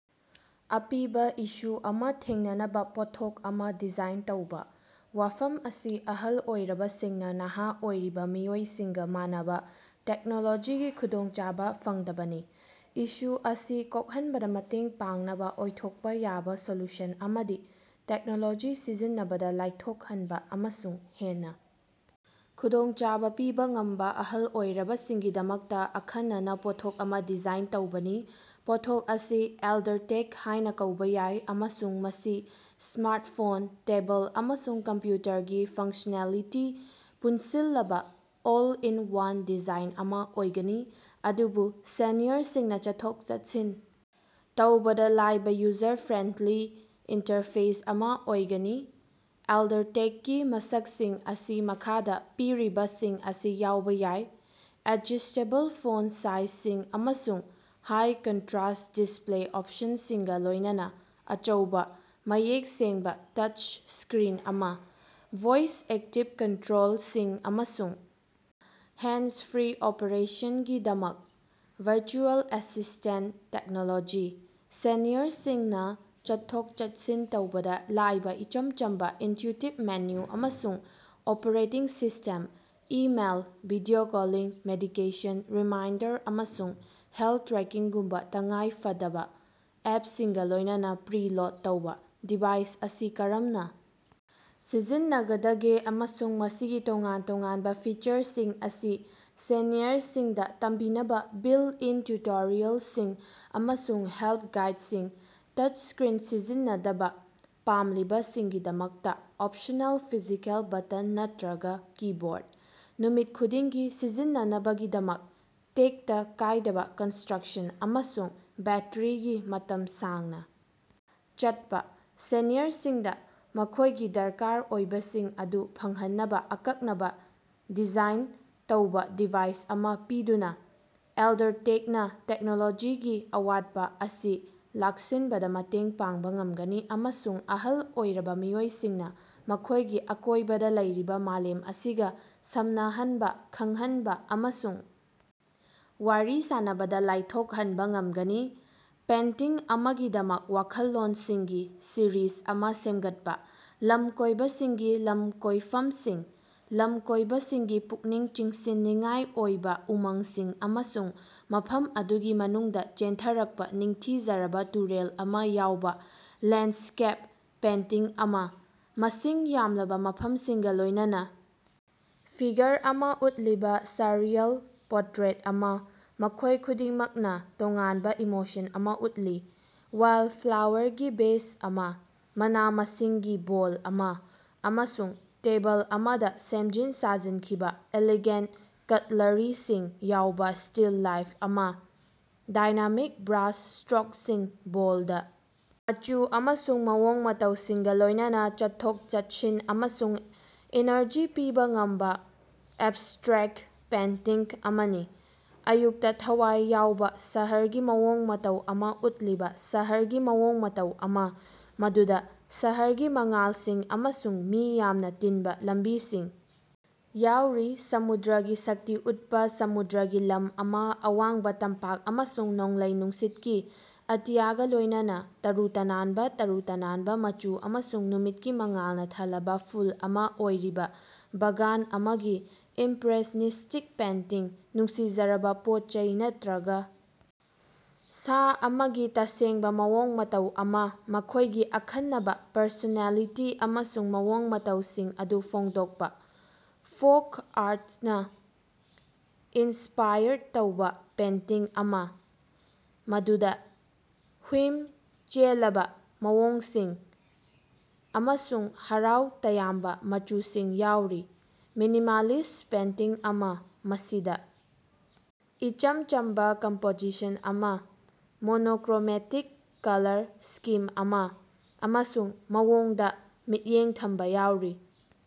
ꯑꯄꯤꯕ ꯏꯁꯨ ꯑꯃ ꯊꯦꯡꯅꯅꯕ ꯄꯣꯠꯊꯣꯛ ꯑꯃ ꯗꯤꯖꯥꯏꯟ ꯇꯧꯕ꯫ ꯋꯥꯐꯝ ꯑꯁꯤ ꯑꯍꯜ ꯑꯣꯏꯔꯕꯁꯤꯡꯅ ꯅꯍꯥ ꯑꯣꯏꯔꯤꯕ ꯃꯤꯑꯣꯏꯁꯤꯡꯒꯥ ꯃꯥꯟꯅꯕ ꯇꯦꯛꯅꯣꯂꯣꯖꯤꯒꯤ ꯈꯨꯗꯣꯡꯆꯥꯕ ꯐꯪꯗꯕꯅꯤ꯫ ꯏꯁꯨ ꯑꯁꯤ ꯀꯣꯛꯍꯟꯕꯗ ꯃꯇꯦꯡ ꯄꯥꯡꯅꯕ ꯑꯣꯏꯊꯣꯛꯄ ꯌꯥꯕ ꯁꯣꯂꯨꯁꯟ ꯑꯃꯗꯤ ꯇꯦꯛꯅꯣꯂꯣꯖꯤ ꯁꯤꯖꯤꯟꯅꯕꯗ ꯂꯥꯏꯊꯣꯛꯍꯟꯕ ꯑꯃꯁꯨꯡ ꯍꯦꯟꯅ ꯈꯨꯗꯣꯡꯆꯥꯕ ꯄꯤꯕ ꯉꯝꯕ ꯑꯍꯜ ꯑꯣꯏꯔꯕꯁꯤꯡꯒꯤꯗꯃꯛꯇ ꯑꯈꯟꯅꯅ ꯄꯣꯠꯊꯣꯛ ꯑꯃ ꯗꯤꯖꯥꯏꯟ ꯇꯧꯕꯅꯤ꯫ ꯄꯣꯠꯊꯣꯛ ꯑꯁꯤ ꯑꯦꯜꯗꯔꯇꯦꯛ ꯍꯥꯏꯅ ꯀꯧꯕ ꯌꯥꯏ ꯑꯃꯁꯨꯡ ꯃꯁꯤ ꯁ꯭ꯃꯥꯔꯠꯐꯣꯟ, ꯇꯦꯕꯜ, ꯑꯃꯁꯨꯡ ꯀꯝꯄ꯭ꯌꯨꯇꯔꯒꯤ ꯐꯪꯁꯅꯦꯂꯤꯇꯤ ꯄꯨꯟꯁꯤꯜꯂꯕ ꯑꯣꯜ ꯏꯟ ꯋꯥꯟ ꯗꯤꯚꯥꯏꯁ ꯑꯃꯥ ꯑꯣꯏꯒꯅꯤ, ꯑꯗꯨꯕꯨ ꯁꯦꯅꯤꯌꯔꯁꯤꯡꯅ ꯆꯠꯊꯣꯛ-ꯆꯠꯁꯤꯟ ꯇꯧꯕꯗ ꯂꯥꯏꯕ ꯌꯨꯖꯔ ꯐ꯭ꯔꯦꯟꯂꯤ ꯏꯟꯇꯔꯐꯦꯁ ꯑꯃꯥ ꯑꯣꯏꯒꯅꯤ꯫ ꯑꯦꯜꯗꯔꯇꯦꯛꯀꯤ ꯃꯁꯛꯁꯤꯡ ꯑꯁꯤ ꯃꯈꯥꯗ ꯄꯤꯔꯤꯕꯁꯤꯡ ꯑꯁꯤ ꯌꯥꯎꯕ ꯌꯥꯏ: ꯑꯦꯗꯖꯁ꯭ꯇꯦꯕꯜ ꯐꯣꯟ ꯁꯥꯏꯖꯁꯤꯡ ꯑꯃꯁꯨꯡ ꯍꯥꯏ ꯀꯟꯇꯔꯁ꯭ꯠ ꯗꯤꯁꯄꯂꯦ ꯑꯣꯞꯁꯟꯁꯤꯡꯒ ꯂꯣꯏꯅꯅ ꯑꯆꯧꯕ, ꯃꯌꯦꯛ ꯁꯦꯡꯕ ꯇꯆ ꯁ꯭ꯀꯔꯤꯟ ꯑꯃ꯫ ꯚꯣꯏꯁ-ꯑꯦꯛꯇꯤꯕ ꯀꯟꯇꯔꯣꯜꯁꯤꯡ ꯑꯃꯁꯨꯡ ꯍꯦꯟꯗꯁ-ꯐ꯭ꯔꯤ ꯑꯣꯄꯔꯦꯁꯟꯒꯤꯗꯃꯛ ꯚꯔꯆꯨꯑꯦꯜ ꯑꯦꯁꯤꯁ꯭ꯇꯦꯟ ꯇꯦꯛꯅꯣꯂꯣꯖꯤ꯫ ꯁꯦꯅꯤꯌꯔꯁꯤꯡꯅ ꯆꯠꯊꯣꯛ-ꯆꯠꯁꯤꯟ ꯇꯧꯕꯗ ꯂꯥꯏꯕ ꯏꯆꯝ ꯆꯝꯕ, ꯏꯟꯇ꯭ꯌꯨꯇꯤꯕ ꯃꯦꯅꯨ ꯑꯃꯁꯨꯡ operating system. Email, video calling, medication reminder ꯑꯃꯁꯨꯡ ꯍꯦꯜꯠ ꯇ꯭ꯔꯦꯀꯤꯡꯒꯨꯝꯕ ꯇꯉꯥꯏ ꯐꯗꯕ ꯑꯦꯞꯁꯤꯡꯒ ꯂꯣꯏꯅꯅ ꯄ꯭ꯔꯤꯂꯣꯗ ꯇꯧꯕ꯫ ꯗꯤꯚꯥꯏꯁ ꯑꯁꯤ ꯀꯔꯝꯅ ꯁꯤꯖꯤꯟꯅꯒꯗꯒꯦ ꯑꯃꯁꯨꯡ ꯃꯁꯤꯒꯤ ꯇꯣꯉꯥꯟ ꯇꯣꯉꯥꯟꯕ ꯐꯤꯆꯔꯁꯤꯡ ꯑꯁꯤ ꯁꯦꯅꯤꯌꯔꯁꯤꯡꯗ ꯇꯝꯕꯤꯅꯕ ꯕꯤꯜꯠ-ꯏꯟ ꯇꯤꯎꯇꯣꯔꯤꯌꯥꯜꯁꯤꯡ ꯑꯃꯁꯨꯡ ꯍꯦꯜꯞ ꯒꯥꯏꯗꯁꯤꯡ꯫ ꯇꯆ ꯁ꯭ꯀꯔꯤꯟ ꯁꯤꯖꯤꯟꯅꯗꯕ ꯄꯥꯝꯂꯤꯕꯁꯤꯡꯒꯤꯗꯃꯛꯇ ꯑꯣꯞꯁꯅꯦꯜ ꯐꯤꯖꯤꯀꯦꯜ ꯕꯇꯟ ꯅꯠꯇꯔꯒ ꯀꯤꯕꯣꯔꯠ꯫ ꯅꯨꯃꯤꯠ ꯈꯨꯗꯤꯡꯒꯤ ꯁꯤꯖꯤꯟꯅꯅꯕꯒꯤꯗꯃꯛ ꯇꯦꯛꯇ ꯀꯥꯏꯗꯕ ꯀꯟꯁꯇ꯭ꯔꯛꯁꯟ ꯑꯃꯁꯨꯡ ꯕꯦꯠꯇꯔꯤꯒꯤ ꯃꯇꯝ ꯁꯥꯡꯅ ꯆꯠꯄ꯫ ꯁꯦꯅꯤꯌꯔꯁꯤꯡꯗ ꯃꯈꯣꯏꯒꯤ ꯗꯔꯀꯥꯔ ꯑꯣꯏꯕꯁꯤꯡ ꯑꯗꯨ ꯐꯪꯍꯟꯅꯕ ꯑꯀꯛꯅꯅ ꯗꯤꯖꯥꯏꯟ ꯇꯧꯕ ꯗꯤꯚꯥꯏꯁ ꯑꯃꯥ ꯄꯤꯗꯨꯅ, ꯑꯦꯜꯗꯔꯇꯦꯛꯅ ꯇꯦꯛꯅꯣꯂꯣꯖꯤꯒꯤ ꯑꯋꯥꯠꯄ ꯑꯁꯤ ꯂꯥꯛꯁꯤꯟꯕꯗ ꯃꯇꯦꯡ ꯄꯥꯡꯕ ꯉꯝꯒꯅꯤ ꯑꯃꯁꯨꯡ ꯑꯍꯜ ꯑꯣꯏꯔꯕ ꯃꯤꯑꯣꯏꯁꯤꯡꯅ ꯃꯈꯣꯏꯒꯤ ꯑꯀꯣꯏꯕꯗ ꯂꯩꯔꯤꯕ ꯃꯥꯂꯦꯝ ꯑꯁꯤꯒ ꯁꯝꯅꯍꯟꯕ, ꯈꯪꯍꯟꯕ ꯑꯃꯁꯨꯡ ꯋꯥꯔꯤ ꯁꯥꯅꯕꯗ ꯂꯥꯏꯊꯣꯛꯍꯟꯕ ꯉꯝꯒꯅꯤ꯫ ꯄꯦꯟꯇꯤꯡ ꯑꯃꯒꯤꯗꯃꯛ ꯋꯥꯈꯜꯂꯣꯟꯁꯤꯡꯒꯤ ꯁꯤꯔꯤꯖ ꯑꯃꯥ ꯁꯦꯝꯒꯠꯄꯥ꯫ ꯂꯝꯀꯣꯏꯕꯁꯤꯡꯒꯤ ꯂꯝꯀꯣꯏꯐꯝꯁꯤꯡ, ꯂꯝꯀꯣꯏꯕꯁꯤꯡꯒꯤ ꯄꯨꯛꯅꯤꯡ ꯆꯤꯡꯁꯤꯟꯅꯤꯡꯉꯥꯏ ꯑꯣꯏꯕ ꯎꯃꯪꯁꯤꯡ ꯑꯃꯁꯨꯡ ꯃꯐꯝ ꯑꯗꯨꯒꯤ ꯃꯅꯨꯡꯗ ꯆꯦꯟꯊꯔꯛꯄ ꯅꯤꯡꯊꯤꯖꯔꯕ ꯇꯨꯔꯦꯜ ꯑꯃꯥ ꯌꯥꯎꯕ ꯂꯦꯟꯠꯁ꯭ꯀꯦꯞ ꯄꯦꯟꯇꯤꯡ ꯑꯃꯥ꯫ ꯃꯁꯤꯡ ꯌꯥꯝꯂꯕ ꯃꯐꯝꯁꯤꯡꯒ ꯂꯣꯏꯅꯅ ꯐꯤꯒꯔ ꯑꯃꯥ ꯎꯠꯂꯤꯕ ꯁꯔꯤꯌꯥꯜ ꯄꯣꯇ꯭ꯔꯦꯠ ꯑꯃ, ꯃꯈꯣꯏ ꯈꯨꯗꯤꯡꯃꯛꯅ ꯇꯣꯉꯥꯟꯕ ꯏꯃꯣꯁꯟ ꯑꯃ ꯎꯠꯂꯤ꯫ ꯋꯥꯏꯜꯐ꯭ꯂꯥꯋꯥꯔꯒꯤ ꯚꯦꯖ ꯑꯃꯥ, ꯃꯅꯥ-ꯃꯁꯤꯡꯒꯤ ꯕꯣꯜ ꯑꯃ, ꯑꯃꯁꯨꯡ ꯇꯦꯕꯜ ꯑꯃꯗ ꯁꯦꯝꯖꯤꯟ ꯁꯥꯖꯤꯟꯈꯤꯕ ꯏꯂꯤꯒꯦꯟ ꯀꯇꯂꯔꯤꯁꯤꯡ ꯌꯥꯎꯕꯥ ꯁ꯭ꯇꯤꯜ ꯂꯥꯏꯐ ꯑꯃꯥ꯫ ꯗꯥꯏꯅꯥꯃꯤꯛ ꯕ꯭ꯔꯥꯁ ꯁ꯭ꯇꯔꯣꯛꯁꯤꯡ, ꯕꯣꯜꯗ ꯃꯆꯨ ꯑꯃꯁꯨꯡ ꯃꯑꯣꯡ ꯃꯇꯧꯁꯤꯡꯒ ꯂꯣꯏꯅꯅ ꯆꯠꯊꯣꯛ-ꯆꯠꯁꯤꯟ ꯑꯃꯁꯨꯡ ꯏꯅꯔꯖꯤ ꯄꯤꯕ ꯉꯝꯕ ꯑꯦꯕꯁ꯭ꯇꯔꯦꯛꯇ ꯄꯦꯟꯇꯤꯡ ꯑꯃꯅꯤ꯫ ꯑꯌꯨꯛꯇ ꯊꯋꯥꯏ ꯌꯥꯎꯕ ꯁꯍꯔꯒꯤ ꯃꯑꯣꯡ ꯃꯇꯧ ꯑꯃꯥ ꯎꯠꯂꯤꯕ ꯁꯍꯔꯒꯤ ꯃꯑꯣꯡ ꯃꯇꯧ ꯑꯃꯥ, ꯃꯗꯨꯗ ꯁꯍꯔꯒꯤ ꯃꯉꯥꯜꯁꯤꯡ ꯑꯃꯁꯨꯡ ꯃꯤ ꯌꯥꯝꯅ ꯇꯤꯟꯕ ꯂꯝꯕꯤꯁꯤꯡ ꯌꯥꯎꯔꯤ꯫ ꯁꯃꯨꯗ꯭ꯔꯒꯤ ꯁꯛꯇꯤ ꯎꯠꯄ ꯁꯃꯨꯗ꯭ꯔꯒꯤ ꯂꯝ ꯑꯃꯥ, ꯑꯋꯥꯡꯕ ꯇꯝꯄꯥꯛ ꯑꯃꯁꯨꯡ ꯅꯣꯡꯂꯩ ꯅꯨꯡꯁꯤꯠꯀꯤ ꯑꯇꯤꯌꯥꯒ ꯂꯣꯏꯅꯅꯥ꯫ ꯇꯔꯨ ꯇꯅꯥꯟꯕ, ꯇꯔꯨ ꯇꯅꯥꯟꯕ ꯃꯆꯨ ꯑꯃꯁꯨꯡ ꯅꯨꯃꯤꯠꯀꯤ ꯃꯉꯥꯜꯅ ꯊꯜꯂꯕ ꯐꯨꯜ ꯑꯃꯥ ꯑꯣꯏꯔꯤꯕꯥ ꯕꯥꯒꯥꯟ ꯑꯃꯒꯤ ꯏꯝꯄꯔꯦꯁꯅꯤꯁ꯭ꯇꯤꯛ ꯄꯦꯟꯇꯤꯡ꯫ ꯅꯨꯡꯁꯤꯖꯔꯕ ꯄꯣꯠꯆꯩ ꯅꯠꯇꯔꯒ ꯁꯥ ꯑꯃꯒꯤ ꯇꯁꯦꯡꯕ ꯃꯑꯣꯡ ꯃꯇꯧ ꯑꯃꯥ, ꯃꯈ‌ꯣꯏꯒꯤ ꯑꯈꯟꯅꯕ ꯄꯔꯁꯣꯅꯦꯂꯤꯇꯤ ꯑꯃꯁꯨꯡ ꯃꯑꯣꯡ ꯃꯇꯧꯁꯤꯡ ꯑꯗꯨ ꯐꯣꯡꯗꯣꯛꯄ꯫ ꯐꯣꯛ ꯑꯥꯔꯠꯅ ꯏꯟꯁꯄꯥꯏꯔ ꯇꯧꯕ ꯄꯦꯟꯇꯤꯡ ꯑꯃꯥ, ꯃꯗꯨꯗ ꯍꯨꯏꯝ ꯆꯦꯜꯂꯕ ꯃꯑꯣꯡꯁꯤꯡ ꯑꯃꯁꯨꯡ ꯍꯔꯥꯎ ꯇꯌꯥꯝꯕ ꯃꯆꯨꯁꯤꯡ ꯌꯥꯎꯔꯤ꯫ ꯃꯤꯅꯤꯃꯥꯂꯤꯁ꯭ꯠ ꯄꯦꯟꯇꯤꯡ ꯑꯃ, ꯃꯁꯤꯗ ꯏꯆꯝ ꯆꯝꯕ ꯀꯝꯄꯣꯖꯤꯁꯟ ꯑꯃ, ꯃꯣꯅꯣꯀꯔꯣꯃꯦꯇꯤꯛ ꯀꯂꯔ ꯁ꯭ꯀꯤꯝ ꯑꯃ, ꯑꯃꯁꯨꯡ ꯃꯑꯣꯡꯗ ꯃꯤꯠꯌꯦꯡ ꯊꯝꯕ ꯌꯥꯎꯔꯤ꯫